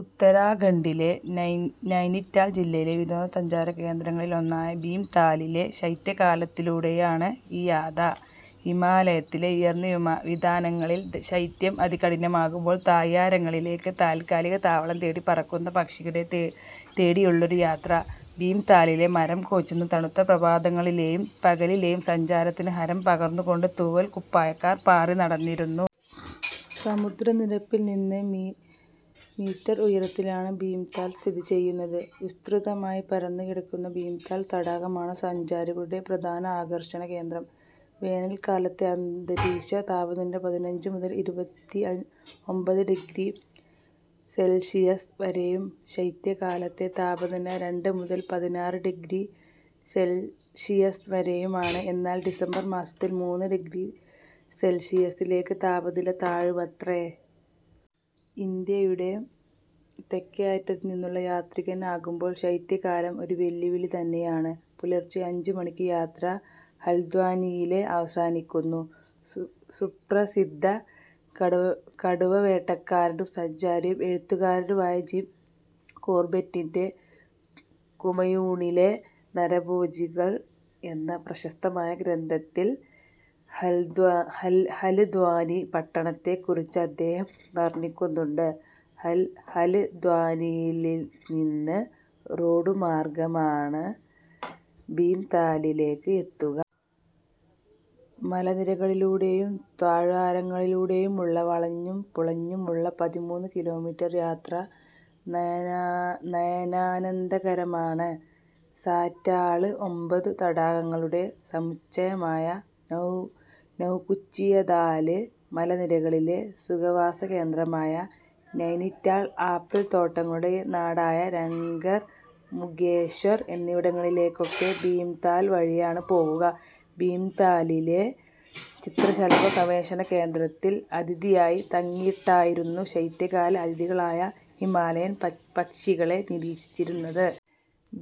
ഉത്തരാഖണ്ഡിലെ നൈനിറ്റാള്‍ ജില്ലയിലെ വിനോദസഞ്ചാര കേന്ദ്രങ്ങളിലൊന്നായ ഭീംതാലിലെ ശൈത്യകാലത്തിലൂടെയാണ് ഈ യാത. ഹിമാലയത്തിലെ ഉയര്‍ന്ന വിതാനങ്ങളിൽ ശൈത്യം അതികഠിനമാകുമ്പോൾ താഴ്വാരങ്ങളിലേക്ക് താത്കാലിക താവളം തേടി പറക്കുന്ന പക്ഷികളെ തേടിയുള്ളാരു യാത്ര. ഭീംതാലിലെ മരം കോച്ചുന്ന തണുത്ത പ്രഭാതങ്ങളിലെയും പകലിലെയും സഞ്ചാരത്തിന് ഹരം പകര്‍ന്നുകൊണ്ട് തൂവല്‍ കുപ്പായക്കാർ പാറിനടന്നിരുന്നു. സമുദ്രനിരപ്പിൽ നിന്ന് മീറ്റര്‍ ഉയരത്തിലാണ് ഭീംതാല് സ്ഥിതി ചെയുന്നത്. വിസ്തൃതമായി പരന്നുകിടക്കുന്ന ഭീംതാൽ തടാകമാണ് സഞ്ചാരികളുടെ പ്രധാന ആകര്‍ഷണ കേന്ദ്രം. വേനല്‍ക്കാലത്തെ അന്തരീക്ഷ താപനില പതിനഞ്ചു മുതല്‍ ഇരുപത്തിഒമ്പത് ഡിഗ്രി സെൽഷിയസ് വരെയും ശൈത്യകാലത്തെ താപനില രണ്ട് മുതൽ പതിനാറ് ഡിഗ്രി സെൽഷിയസ് വരെയുമാണ്. എന്നാല്‍ ഡിസംബര്‍ മാസത്തില്‍ മൂന്ന് ഡിഗ്രി സെൽഷിയസിലേക്ക് താപനില താഴുമത്രേ. ഇന്ത്യയുടെ തെക്കേയറ്റത്തുനിന്നുള്ള യാത്രികൻ ആകുമ്പോള്‍ ശൈത്യകാലം ഒരു വെല്ലുവിളി തന്നെയാണ്. പുലര്‍ച്ചെ അഞ്ചു മണിക്ക് യാത്ര ഹല്ദ്വാനിയില് അവസാനിക്കുന്നു. സുപ്രസിദ്ധ കടുവവേട്ടക്കാരനും സഞ്ചാരിയും എഴുത്തുകാരനുമായ ജിം കോർബെറ്റിന്റെ ' കുമയൂണിലെ നരഭോജികൾ ' എന്ന പ്രശസ്തമായ ഗ്രന്ഥത്തില്‍ ഹല്ദ്വാനി പട്ടണത്തെക്കുറിച്ച് അദ്ദേഹം വർണ്ണിക്കുന്നുണ്ട്. ഹല്ദ്വാനിയില്നിന്ന് റോഡുമാർഗമാണ് ഭീംതാലിലേക്ക് എത്തുക. മലനിരകളിലൂടെയും താഴ്വാരങ്ങളിലൂടെയുമുള്ള വളഞ്ഞും പുളഞ്ഞുമുള്ള പതിമൂന്ന് കിലോമീറ്റര്‍ യാത്ര നയനാനന്ദകരമാണ്. സാറ്റാള്, ഒമ്പതു തടാകങ്ങളുടെ സമുച്ചയമായ നൗകുച്ചിയതാല് മലനിരകളിലെ സുഖവാസകേന്ദ്രമായ നൈനിറ്റാള്‍, ആപ്പിള്‍ തോട്ടങ്ങളുടെ നാടായ രാംഘർ, മുകേശ്വർ എന്നിവിടങ്ങളിലേക്കൊക്കെ ഭീംതാല് വഴിയാണ് പോകുക. ഭീംതാലിലെ ചിത്രശലഭ ഗവേഷണകേന്ദ്രത്തിൽ അതിഥിയായി തങ്ങിയിട്ടായിരുന്നു ശൈത്യകാല അതിഥികളായ ഹിമാലയൻ പക്ഷികളെ നിരീക്ഷിച്ചിരുന്നത്.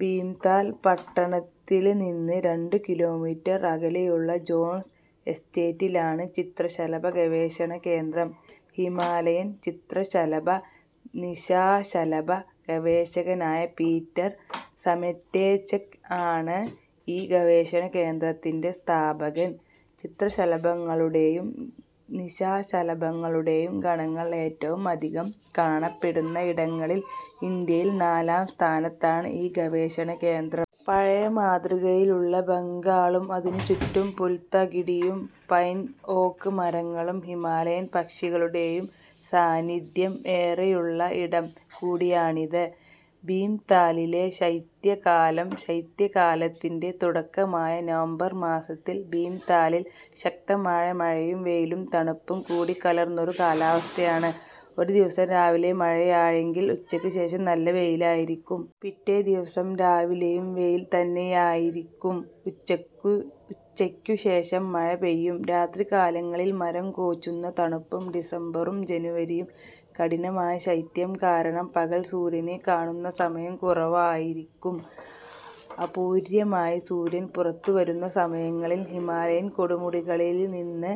ഭീംതാൽ പട്ടണത്തില്നിന്ന് രണ്ടു കിലോമീറ്റര്‍ അകലെയുള്ള ജോണ്‍സ് എസ്റ്റേറ്റിലാണ് ചിത്രശലഭ ഗവേഷണകേന്ദ്രം. ഹിമാലയൻ ചിത്രശലഭ-നിശാശലഭ ഗവേഷകനായ പീറ്റര്‍ സമറ്റേച്ചെക് ആണ് ഈ ഗവേഷണ കേന്ദ്രത്തിന്‍റെ സ്ഥാപകൻ. ചിത്രശലഭങ്ങളുടെയും നിശാശലഭങ്ങളുടെയും ഗണങ്ങള്‍ ഏറ്റവും അധികം കാണപ്പെടുന്ന ഇടങ്ങളില്‍ ഇന്ത്യയില്‍ നാലാം സ്ഥാനത്താണ് ഈ ഗവേഷണ കേന്ദ്രം. പഴയ മാതൃകയിലുള്ള ബംഗ്ലാവും അതിനു ചുറ്റും പുൽത്തകിടിയും പൈൻ ഓക്ക് മരങ്ങളും ഹിമാലയന്‍ പക്ഷികളുടെ സാന്നിധ്യം ഏറെയുള്ള ഇടം കൂടിയാണിത്. ഭീംതാലിലെ ശൈത്യകാലം ശൈത്യകാലത്തിന്റെ തുടക്കമായ നവംബര്‍ മാസത്തില്‍ ഭീംതാലിൽ ശക്തമായ മഴയും വെയിലും തണുപ്പും കൂടിക്കലര്‍ന്നൊരു കാലാവസ്ഥയാണ്. ഒരു ദിവസം രാവിലെ മഴയായെങ്കില്‍ ഉച്ചയ്ക്കുശേഷം നല്ല വെയിലായിരിക്കും. പിറ്റേ ദിവസം രാവിലെയും വെയില്‍ തന്നെയായിരിക്കും. ഉച്ചയ്ക്കുശേഷം മഴപെയ്യും. രാത്രികാലങ്ങളിൽ മരം കോച്ചുന്ന തണുപ്പും. ഡിസംബറും ജനുവരിയും കഠിനമായ ശൈത്യം കാരണം പകല്‍ സൂര്യനെ കാണുന്ന സമയം കുറവായിരിക്കും. അപൂര്വമായി സൂര്യൻ പുറത്തുവരുന്ന സമയങ്ങളില്‍ ഹിമാലയന്‍ കൊടുമുടികളില്നിന്ന്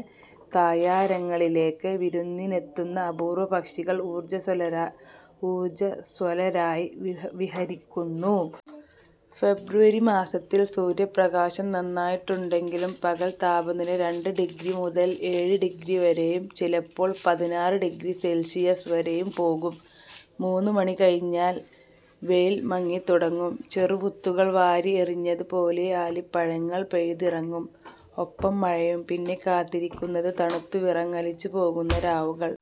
താഴ്വാരങ്ങളിലേക്ക് വിരുന്നിനെത്തുന്ന അപൂര്‍വ പക്ഷികള്‍ ഊർജ സ്വലരായി വി ക വിഹരിക്കുന്നു. ഫെബ്രുവരി മാസത്തില്‍ സൂര്യപ്രകാശം നന്നായിട്ടുണ്ടെങ്കിലും പകല്‍ താപനില രണ്ട് ഡിഗ്രി മുതല്‍ ഏഴ് ഡിഗ്രി വരെയും ചിലപ്പോള്‍ പതിനാറ് ഡിഗ്രി സെൽഷിയസ് വരെയും പോകും. മൂന്നുമണി കഴിഞ്ഞാല്‍ വെയില്‍ മങ്ങിത്തുടങ്ങും. ചെറു മുത്തുകള്‍ വാരി എറിഞ്ഞതുപോലെ ആലിപ്പഴങ്ങള്‍ പെയ്തിറങ്ങും. ഒപ്പം മഴയും. പിന്നെ കാത്തിരിക്കുന്നത്, തണുത്തു വിറങ്ങലിച്ചു പോകുന്ന രാവുകള്‍.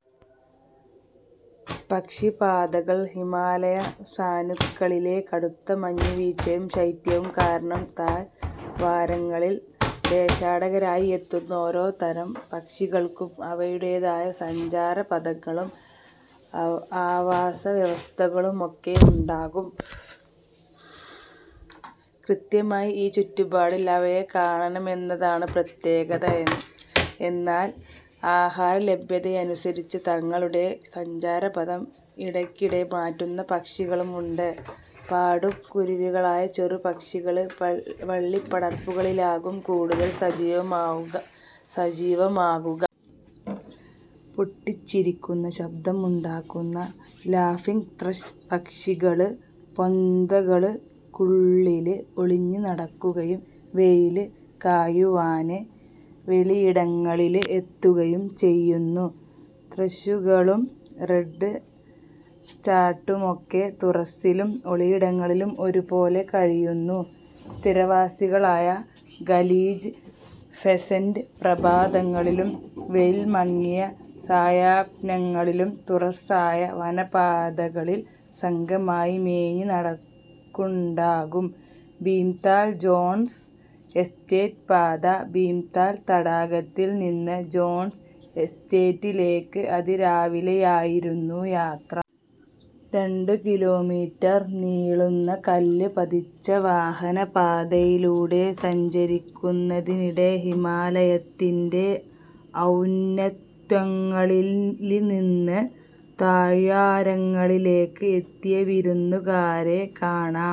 പക്ഷി പാതകള്‍ ഹിമാലയസാനുക്കളിലെ കടുത്ത മഞ്ഞുവീഴ്ചയും ശൈത്യവും കാരണം താഴ് വാരങ്ങളില്‍ ദേശാടകരായി എത്തുന്ന ഓരോ തരം പക്ഷികള്‍ക്കും അവയുടെതായ സഞ്ചാരപഥങ്ങളും ആവാസവ്യവസ്ഥകളുമൊക്കെ ഉണ്ടാകും. കൃത്യമായി ഈ ചുറ്റുപാടില്‍ അവയെ കാണാമെന്നതാണ് പ്രത്യേകത. എന്നാല്‍ ആഹാരലഭ്യതയനുസരിച്ച് തങ്ങളുടെ സഞ്ചാരപഥം ഇടയ്ക്കിടെ മാറ്റുന്ന പക്ഷികളുമുണ്ട്. പാടും കുരുവികളായ ചെറുപക്ഷികള് വള്ളിപ്പടർപ്പുകളിലാകും കൂടുതല്‍ സജീവമാകുക. പൊട്ടിച്ചിരിക്കുന്ന ശബ്ദമുണ്ടാക്കുന്ന ലാഫിങ്ത്രഷ് പക്ഷികള് പൊന്തകള്ക്കുള്ളില് ഒളിഞ്ഞു നടക്കുകയും വെയില് കായുവാന് വെളിയിടങ്ങളില് എത്തുകയും ചെയ്യുന്നു. ത്രഷുകളും റെഡ് സ്റ്റാർട്ടുമൊക്കെ തുറസ്സിലും ഒളിയിടങ്ങളിലും ഒരുപോലെ കഴിയുന്നു. സ്ഥിരവാസികളായ ഖലീജ് ഫെസന്റ് പ്രഭാതങ്ങളിലും വെയില്‍ മങ്ങിയ സായാഹ്നങ്ങളിലും തുറസ്സായ വനപാതകളിൽ സംഘമായി മേഞ്ഞുനടക്കുണ്ടാകും. ഭീംതാൽ ജോണ്‍സ് എസ്റ്റേറ്റ് പാത ഭീംതാൽ തടാകത്തില്‍ നിന്ന് ജോണ്‍സ് എസ്റ്റേറ്റിലേക്ക് അതിരാവിലെയായിരുന്നു യാത്ര. രണ്ടു കിലോമീറ്റര്‍ നീളുന്ന കല്ല് പതിച്ച വാഹനപാതയിലൂടെ സഞ്ചരിക്കുന്നതിനിടെ ഹിമാലയത്തിന്‍റെ ഔന്നത്യങ്ങളില്നിന്ന് താഴ്വാരങ്ങളിലേക്ക് എത്തിയ വിരുന്നുകാരെ കാണാം.